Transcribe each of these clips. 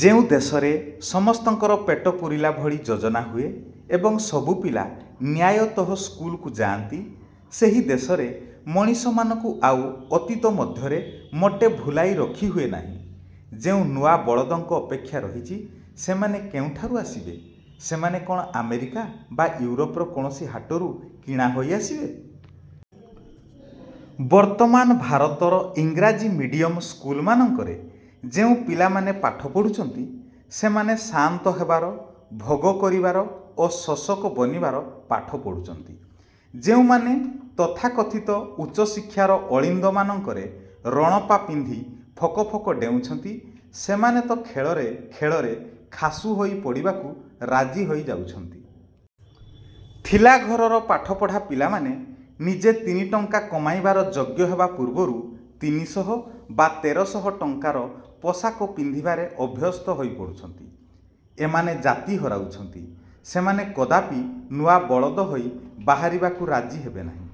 ଯେଉଁ ଦେଶରେ ସମସ୍ତଙ୍କର ପେଟ ପୂରିଲା ଭଳି ଯୋଜନା ହୁଏ ଏବଂ ସବୁ ପିଲା ନ୍ୟାୟତଃ ସ୍କୁଲକୁ ଯାଆନ୍ତି, ସେହି ଦେଶରେ ମଣିଷମାନଙ୍କୁ ଆଉ ଅତୀତ ମଧ୍ୟରେ ମୋଟେ ଭୁଲାଇ ରଖି ହୁଏନାହିଁ। ଯେଉଁ ନୂଆ ବଳଦଙ୍କ ଅପେକ୍ଷା ରହିଛି, ସେମାନେ କେଉଁଠାରୁ ଆସିବେ? ସେମାନେ କ'ଣ ଆମେରିକା ବା ୟୁରୋପର କୌଣସି ହାଟରୁ କିଣାହୋଇ ଆସିବେ? ବର୍ତ୍ତମାନ ଭାରତର ଇଂରାଜୀ ମିଡ଼ିୟମ ସ୍କୁଲମାନଙ୍କରେ ଯେଉଁ ପିଲାମାନେ ପାଠ ପଢୁଛନ୍ତି, ସେମାନେ ସାଆନ୍ତ ହେବାର, ଭୋଗ କରିବାର ଓ ଶୋଷକ ବନିବାର ପାଠ ପଢୁଛନ୍ତି। ଯେଉଁମାନେ ତଥାକଥିତ ଉଚ୍ଚଶିକ୍ଷାର ଅଳିନ୍ଦ ମାନଙ୍କରେ ରଣପା ପିନ୍ଧି ଫକ ଫକ ଡ଼େଉଁଛନ୍ତି, ସେମାନେ ତ ଖେଳରେ ଖେଳରେ ଖାସୁ ହୋଇ ପଡ଼ିବାକୁ ରାଜି ହୋଇ ଯାଉଛନ୍ତି। ଥିଲା ଘରର ପାଠପଢ଼ା ପିଲାମାନେ ନିଜେ ତିନିଟଙ୍କା କମାଇବାର ଯୋଗ୍ୟହେବା ପୂର୍ବରୁ ତିନିଶହ ବା ତେରଶହ ଟଙ୍କାର ପୋଷାକ ପିନ୍ଧିବାରେ ଅଭ୍ୟସ୍ତ ହୋଇପଡୁଛନ୍ତି। ଏମାନେ ଜାତି ହରାଉଛନ୍ତି। ସେମାନେ କଦାପି ନୂଆ ବଳଦ ହୋଇ ବାହାରିବାକୁ ରାଜି ହେବେନାହିଁ।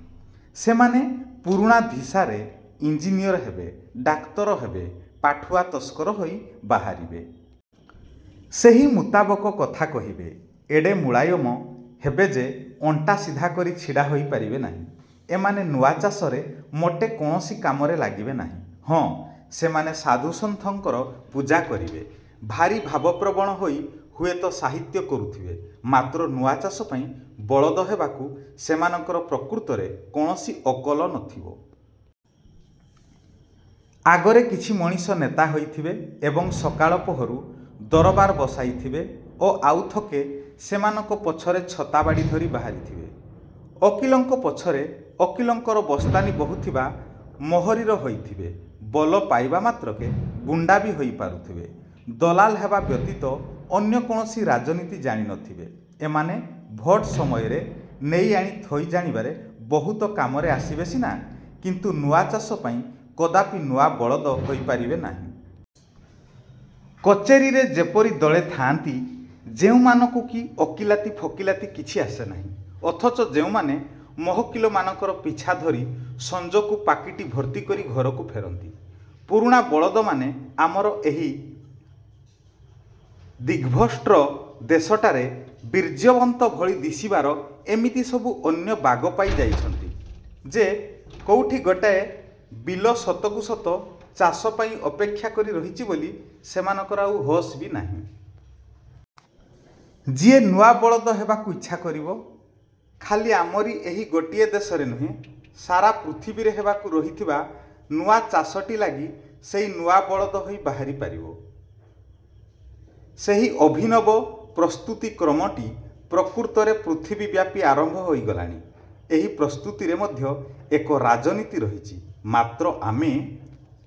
ସେମାନେ ପୁରୁଣା ଧିସାରେ ଇଞ୍ଜିନିଅର ହେବେ, ଡାକ୍ତର ହେବେ, ପାଠୁଆ ତସ୍କର ହୋଇ ବାହାରିବେ। ସେହି ମୁତାବକ କଥା କହିବେ; ଏଡ଼େ ମୁଳାୟମ ହେବେ ଯେ ଅଣ୍ଟା ସିଧାକରି ଛିଡ଼ା ହୋଇପାରିବେ ନାହିଁ। ଏମାନେ ନୂଆ ଚାଷରେ ମୋଟେ କୌଣସି କାମରେ ଲାଗିବେ ନାହିଁ। ହଁ, ସେମାନେ ସାଧୁ ସନ୍ଥଙ୍କର ପୂଜା କରିବେ, ଭାରି ଭାବପ୍ରବଣ ହୋଇ ହୁଏତ ସାହିତ୍ୟ କରୁଥିବେ, ମାତ୍ର ନୂଆ ଚାଷ ପାଇଁ ବଳଦ ହେବାକୁ ସେମାନଙ୍କର ପ୍ରକୃତରେ କୌଣସି ଅକଲ ନଥିବ। ଆଗରେ କିଛି ମଣିଷ ନେତା ହୋଇଥିବେ, ଏବଂ ସକାଳ ପହରୁ ଦରବାର ବସାଇଥିବେ ଓ ଆଉ ଥୋକେ ସେମାନଙ୍କ ପଛରେ ଛତାବାଡ଼ି ଧରି ବାହାରିଥିବେ; ଓକିଲଙ୍କ ପଛରେ ଓକିଲଙ୍କର ବସ୍ତାନି ବୋହୁଥିବା ମୋହରିର ହୋଇଥିବେ, ବୋଲ ପାଇବା ମାତ୍ରକେ ଗୁଣ୍ଡା ବି ହୋଇ ପାରୁଥିବେ, ଦଲାଲ ହେବା ବ୍ୟତୀତ ଅନ୍ୟ କୌଣସି ରାଜନୀତି ଜାଣିନଥିବେ,- ଏମାନେ ଭୋଟ ସମୟରେ ନେଇ ଆଣି ଥୋଇ ଜାଣିବାରେ ବହୁତ କାମରେ ଆସିବେ ସିନା, କିନ୍ତୁ ନୂଆ ଚାଷ ପାଇଁ କଦାପି ନୂଆ ବଳଦ ହୋଇପାରିବେ ନାହିଁ। କଚେରୀରେ ଯେପରି ଦଳେ ଥାଆନ୍ତି, ଯେଉଁମାନଙ୍କୁ କି ଓକିଲାତି ଫୋକିଲାତି କିଛି ଆସେନାହିଁ, ଅଥଚ ଯେଉଁମାନେ ମହକିଲମାନଙ୍କର ପିଛା ଧରି ସଂଜକୁ ପାକିଟି ଭର୍ତ୍ତି କରି ଘରକୁ ଫେରନ୍ତି, ପୁରୁଣା ବଳଦମାନେ ଆମର ଏହି ଦିଗ୍ଭ୍ରଷ୍ଟ ଦେଶଟାରେ ବୀର୍ଯ୍ୟବନ୍ତ ଭଳି ଦିଶିବାର ଏମିତି ସବୁ ଅନ୍ୟ ବାଗ ପାଇ ଯାଇଛନ୍ତି ଯେ, କୋଉଠି ଗୋଟାଏ ବିଲ ସତକୁ ସତ ଚାଷ ପାଇଁ ଅପେକ୍ଷା କରି ରହିଛି ବୋଲି ସେମାନଙ୍କର ଆଉ ହୋସ୍ ବି ନାହିଁ। ଯିଏ ନୂଆ ବଳଦ ହେବାକୁ ଇଚ୍ଛା କରିବ, ଖାଲି ଆମରି ଏହି ଗୋଟିଏ ଦେଶରେ ନୁହେଁ, ସାରା ପୃଥିବୀରେ ହେବାକୁ ରହିଥିବା ନୂଆ ଚାଷଟି ଲାଗି ସେଇ ନୂଆ ବଳଦ ହୋଇ ବାହାରି ପାରିବ। ସେହି ଅଭିନବ ପ୍ରସ୍ତୁତିକ୍ରମଟି ପ୍ରକୃତରେ ପୃଥିବୀବ୍ୟାପୀ ଆରମ୍ଭ ହୋଇଗଲାଣି। ଏହି ପ୍ରସ୍ତୁତିରେ ମଧ୍ୟ ଏକ ରାଜନୀତି ରହିଛି, ମାତ୍ର ଆମେ